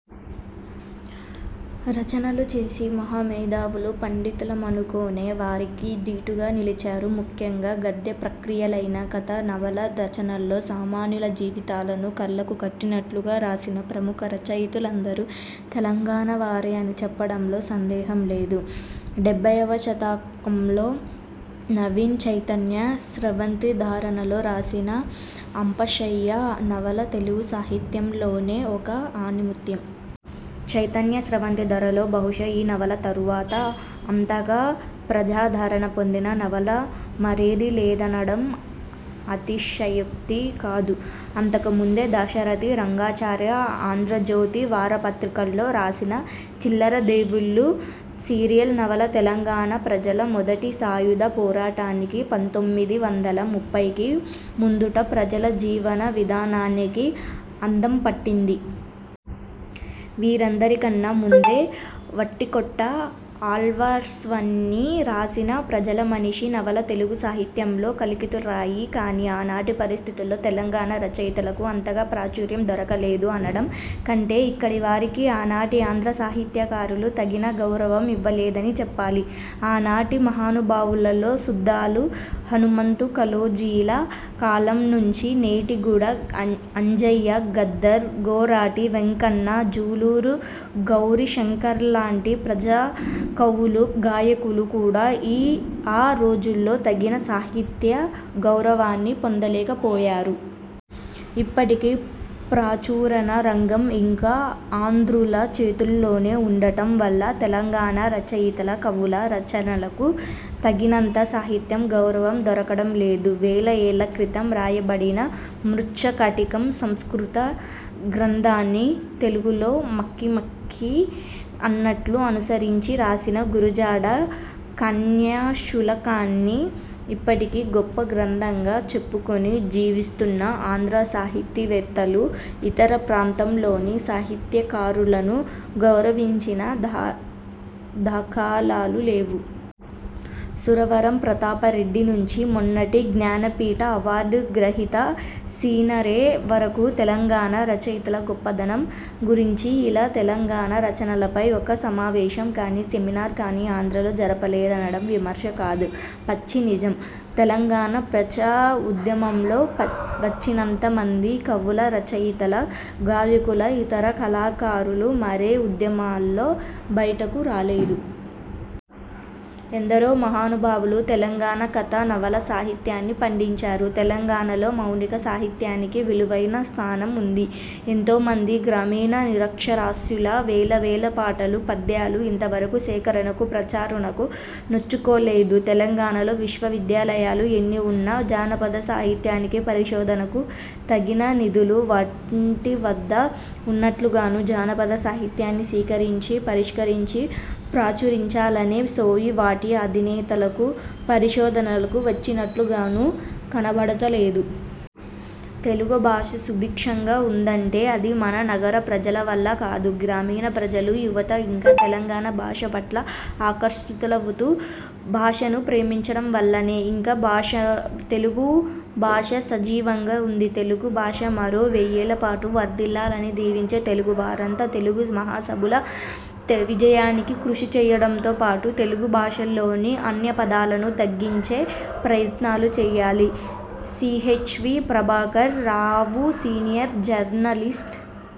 రచనలు చేసి మహా మేధావులు, పండితులమనుకొనే వారికి దీటుగా నిలిచారు. ముఖ్యంగా గద్య ప్రక్రియలైన కథ, నవలా రచనల్లో సామాన్యుల జీవితాలను కళ్ళకు కట్టినట్లు రాసిన ప్రముఖ రచయితలందరూ తెలంగాణవారే అని చెప్పడంలో సందేహం లేదు. డెబ్బైవ శతాబ్దంలో దశకంలో నవీన్ చైతన్య స్రవంతి ధారలో రాసిన 'అంపశయ్య' నవల తెలుగు సాహిత్యంలోనే ఒక ఆణిముత్యం. చైతన్యస్రవంతి ధారలో బహుశా ఈ నవల తరువాత అంతగా ప్రజాదరణ పొందిన నవల మరేదీ లేదనడం అతిశయోక్తి కాదు. అంతకుముందే దాశరథి రంగాచార్య ఆంధ్రజ్యోతి వారపత్రికలో రాసిన 'చిల్లరదేవుళ్ళు' సీరియల్ నవల తెలంగాణ ప్రజల మొదటి సాయుధ పోరాటానికీ, పంతొమ్మిది వందల ముప్పైకి ముందట ప్రజల జీవన విధానానికీ అందంపట్టింది. వీరందరికన్నా ముందే వట్టికోట ఆళ్వార్స్వామి రాసిన 'ప్రజలమనిషి' నవల తెలుగు సాహిత్యంలో కలికితురాయి. కాని ఆనాటి పరిస్థితుల్లో తెలంగాణ రచయితలకు అంతగా ప్రాచుర్యం దొరకలేదు అనడం కంటే, ఇక్కడివారికి ఆనాటి ఆంధ్ర సాహిత్యకారులు తగిన గౌరవం ఇవ్వలేదని చెప్పాలి. ఆనాటి మహానుభావులలో సుద్దాల హనుమంతు, కాళోజీల కాలం నుంచి నేటి గూడ అంజయ్య, గద్దర్, గోరటి వెంకన్న, జూలూరు గౌరీశంకర్లాంటి ప్రజా కవులు, గాయకులు కూడాఈ ఆ రోజుల్లో తగిన సాహిత్య గౌరవాన్ని పొందలేకపోయారు. ఇప్పటికీ ప్రచురణ రంగం ఇంకా ఆంధ్రుల చేతుల్లోనే ఉండటం వల్ల తెలంగాణ రచయితల, కవుల రచనలకు తగినంత సాహిత్య గౌరవం దొరకడం లేదు. వేల ఏళ్ళ క్రితం రాయబడిన 'మృచ్చకటికం' సంస్కృత గ్రంథాన్ని తెలుగులో మక్కి మక్కి అన్నట్లు అనుసరించి రాసిన గురజాడ కన్యాశుల్కాన్ని ఇప్పటికి గొప్ప గ్రంథంగా చెప్పుకొని జీవిస్తున్న ఆంధ్ర సాహితీవేత్తలు, ఇతర ప్రాంతంలోని సాహిత్యకారులను గౌరవించిన దాఖలాలు దాఖలాలు లేవు. సురవరం ప్రతాపరెడ్డి నుంచి మొన్నటి జ్ఞానపీఠ అవార్డ్ గ్రహిత సినారె వరకు తెలంగాణ రచయితల గొప్పదనం గురించి ఇలా తెలంగాణ రచనలపై ఒక్క సమావేశం కాని, సెమినార్ కాని ఆంధ్రలో జరపలేదనడం విమర్శ కాదు, పచ్చి నిజం. తెలంగాణ ప్రజాఉద్యమంలో వచ్చినంతమంది కవులు, రచయితల, గాయకుల, ఇతర కళాకారులు మరే ఉద్యమంలో బయటకు రాలేదు. ఎందరో మహానుభావులు తెలంగాణ కథ, నవల సాహిత్యాన్ని పండించారు. తెలంగాణలో మౌలిక సాహిత్యానికి విలువైన స్థానం ఉంది. ఎంతోమంది గ్రామీణ నిరక్షరాస్యుల వేల వేల పాటలు, పద్యాలు ఇంతవరకు సేకరణకు, ప్రచురణకు నోచుకోలేదు. తెలంగాణలో విశ్వవిద్యాలయాలు ఎన్ని ఉన్నా జానపద సాహిత్యానికి, పరిశోధనకు తగిన నిధులు వాటివద్ద ఉన్నట్లుగానూ, జానపద సాహిత్యాన్ని సేకరించి, పరిష్కరించి, ప్రచురించాలనే సోయి వాటి అధినేతలకూ, పరిశోనలకు వచ్చినట్లుగానూ కనబడతలేదు. తెలుగు భాష సుభిక్షంగా ఉందంటే అది మన నగర ప్రజలవల్ల కాదు. గ్రామీణ ప్రజలు, యువత ఇంకా తెలుగు భాషపట్ల ఆకర్షితులవుతూ, భాషను ప్రేమించడం వల్లనే ఇంకాభాష తెలుగు భాష సజీవంగా ఉంది. తెలుగు భాష మరో వెయ్యేళ్ళపాటు వర్ధిల్లాలని దీవించే తెలుగువారంతా తెలుగు మహాసభల విజయానికి కృషి చేయడంతో పాటు, తెలుగు భాషలోని అన్య పదాలను తగ్గించే ప్రయత్నాలు చేయాలి. CHV Prabhakar Rao senior journalist